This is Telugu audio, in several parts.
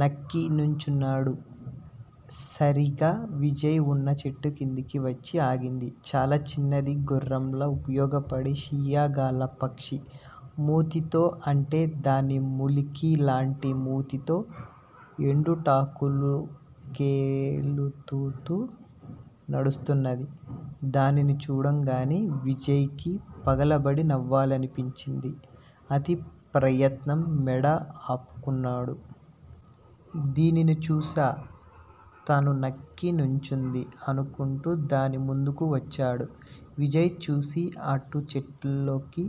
నక్కి నుంచున్నాడు. సరీగ విజయ్ వున్న చెట్టుకిందికి వచ్చి ఆగింది చాలా చిన్నది గుర్రంలా ఉపయోగపడే షియ్యాగాళ్ళ పక్షి. మూతి తో అంటే దాని ములికిలాంటి మూతితో ఎండుటాకులకేలుతుతూ నడుస్తున్నది. దానిని చూడంగానే విజయ్ కి పగలబడి నవ్వాలని పించింది. అతి ప్రయత్నం మెడ ఆపుకున్నాడు. దీనిని చూశా తను నక్కి నుంచుంది? అనుకుంటూ దాని ముందుకు వచ్చాడు. విజయ్ చూసి అటు చెట్లలోకి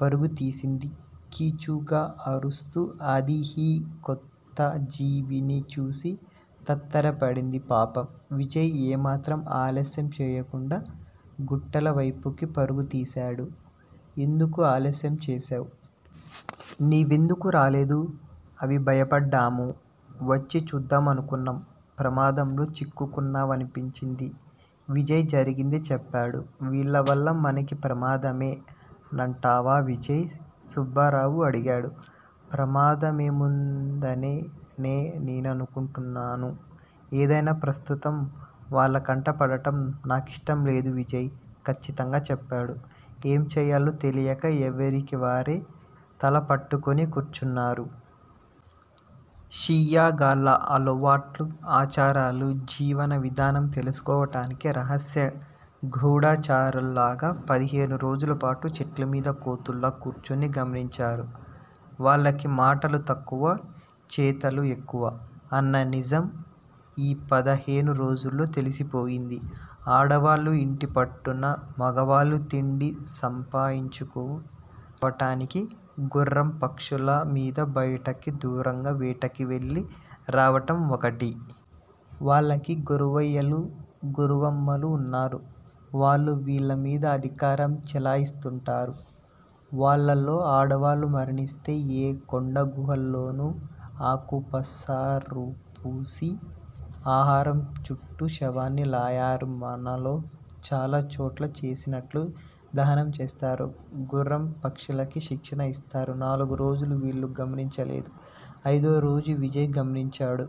పరుగుతీసింది కీచుగా అరుస్తూ అదీ యీ కొత్త జీవిని చూసి తత్తరపడింది పాపం. విజయ్ ఏమాత్రం ఆలస్యం చేయకుండా గుట్టల వైపుకి పరుగుతీశాడు. ఎందుకు ఆలస్యం చేశావ్? నీవెందుకు రాలేదు అవిభయపడ్డాము వచ్చి చూద్దామనుకున్నాం ప్రమాదంలో చిక్కుకున్నావనిపించింది. విజయ్ జరిగింది చెప్పాడు. వీళ్ళ వల్ల మనకి ప్రమాదమే నంటావా విజయ్ సుబ్బారావు అడిగాడు. ప్రమాదమేముందనే నే అనుకుంటున్నాను. ఏదైనా ప్రస్తుతం వాళ్ళకంటపడటం నాకిష్టంలేదు విజయ్ కచ్చితంగా చెప్పాడు. ఏంచేయాలో తెలియక ఎవరికివారే తలపట్టుకుని కూర్చున్నారు. షీయ్యాగాళ్ళ అలవాట్లు ఆచారాలు జీవన విధానం తెలుసుకోటానికి రహస్య గూఢచారుల్లాగా పదిహేను రోజులపాటు చెట్లమీద కోతుల్లా కూర్చుని గమనించారు. వాళ్ళకి మాటలు తక్కువ చేతలు ఎక్కువ అన్ననిజం ఈపదిహేను రోజుల్లో తెలిసిపోయింది. ఆడవాళ్ళు యింటిపట్టున మగవాళ్ళు తిండి సంపాయించుకు రావటానికి గుర్రంపక్షుల మీద బయటకి దూరంగా వేటకి వెళ్ళి రావటం వొకటి. వాళ్ళకి గురవయ్యలు గురవమ్మలు ఉన్నారు. వాళ్ళు వీల్లమీద అధికారం చేలయిస్తుంటారు. వాళ్ళల్లో ఆడవాళ్ళు మరణిస్తే ఏ కొండగుహా ల్లోనూ అకుపసారుపూసి ఆహారం చుట్టూ శవాన్ని లాయరు మనలో చాలా చోట్ల చేసినట్లు దహనం చేస్తారు. గుర్రం పక్షులకి శిక్షణ ఇస్తారు. నాలుగురోజులు వీళ్ళు గమనించలేదు. అయిదోరోజు విజయ్ గమనించాడు.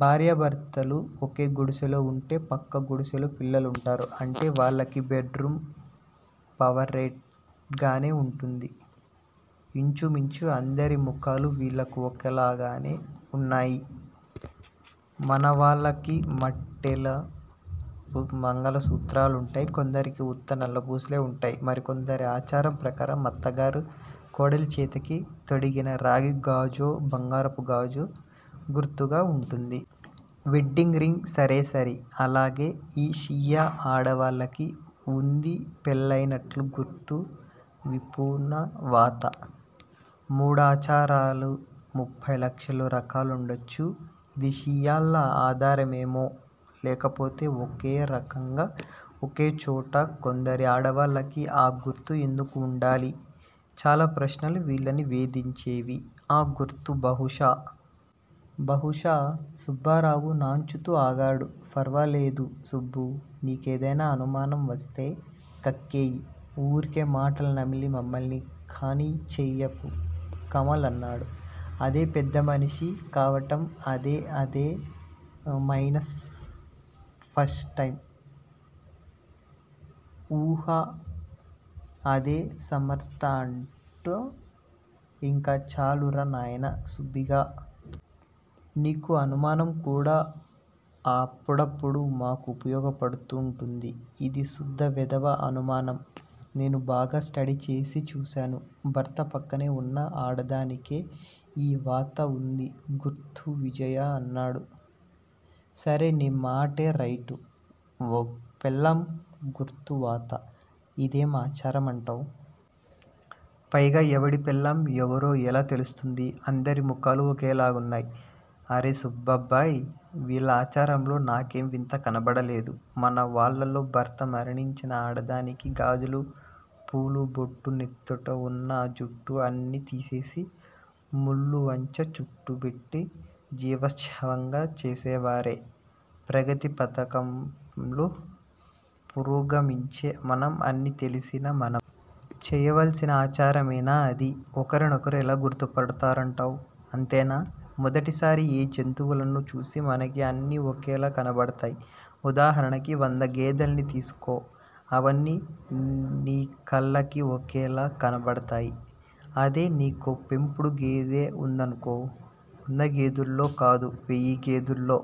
భార్యాభర్తలు ఒక గుడిసెలో వుంటే పక్క గుడిసెలో పిల్లలుంటారు. అంటే వాళ్ళకి బెడ్ రూమ్ పవరేట్ గానే వుంటుంది. ఇంచుమించు అందరి ముఖాలు వీళ్ళకి ఒకలాగానే ఉన్నాయి మనవాళ్ళకి మట్టెలు మంగలసూత్రాలుంటాయి కొందరికి ఉత్త నల్లపూసలే వుంటాయి మరికొందరిఆచారం ప్రకారం అత్తగారు కోడలిచేతికి తొడిగిన రాగి గాజో బంగారపు గాజో గుర్తుగా వుంటుంది. వెడ్డింగ్ రింగ్ సరేసరి. అలాగే ఈ షియ్యా ఆడవాళ్ళకి వుంది పెళ్ళయినట్లు గుర్తు వీపునవాత. మూఢాచారాలు ముప్ఫైలక్షల రకాలుండొచ్చు. ఇది షీయ్యాళ ఆధారమేమో! లేకపోతే ఒకేరకంగా ఒకేచోట కొందరి ఆడవాళ్ళకి అ గుర్తు ఎందుకు వుండాలి! చాలా ప్రశ్నలు వీళ్ళని వేధించేవి. ఆ గుర్తు బహుశా! బహుశా! సుబ్బారావు నాన్చుతూ ఆగాడు. ఫరవాలేదు సుబ్బూ! నీకేదైనా అనుమానంవస్తే కక్కేయి. వూరికే మాటలు నమిలి మమ్మల్ని ఖానీ చెయ్యకు కమల్ అన్నాడు. అదే పెద్దమనిషి కావటం అదే అదే మెన్సస్ ఫస్ట్ టైము ఉహూ అదే సమర్త అంటా ఇంక చాలురా నాయనా సుబ్భిగా! నీకు అనుమానం కూడా అప్పుడప్పుడు మాకు ఉపయోగపడుతుంటుంది. ఇది సుద్ద వెధవ అనుమానం. నేను బాగా స్టడీ చేసి చూశాను భర్త పక్కనే వున్న ఆడదానికే యీ వాత గుర్తు ఉంది విజయ అన్నాడు. సరే నీ మాటేరైటు. పెళ్ళాం గుర్తువాత. ఇదేం ఆచారం అంటావ్? పైగా ఎవడి పెళ్ళాం ఎవరో ఎలా తెలుస్తుంది అందరి ముఖాలు ఒకేలాగున్నాయి! అరే సుబ్బబ్బాయ్! వీళ్ళ ఆచారంలో నాకేం వింత కానబాడలేదు. మన వాళ్ళలో భర్త మరణించిన ఆడదానికి గాజులు పూలుబొట్టునెత్తినవున్న జుట్టు అన్నీ తీసేసి మల్లువంచ చుట్టబెట్టి జీవశ్చవంగా చేసేవారే. ప్రగతిపథకంలో పురోగమించే మనం అన్నీ తెలిసిన మనం. చేయవలసిన అచారమేనా అది? ఒకరినొకరు ఎలా గుర్తుపడతారం టావ్? అంతేనా? మొదటిసారి ఏ జంతువులనో చూసిన మనకి అన్నీ ఒకేలా కనబతాయి. ఉదాహరణకి వంద గేదెల్ని తీసుకో అవన్నీ నీకళ్ళకి ఒకేలా కనబడతాయి అదే నీకో పెంపుడు గేదె వుందనుకో వందగేదేల్లోకాదు వెయ్యిగేదేల్లో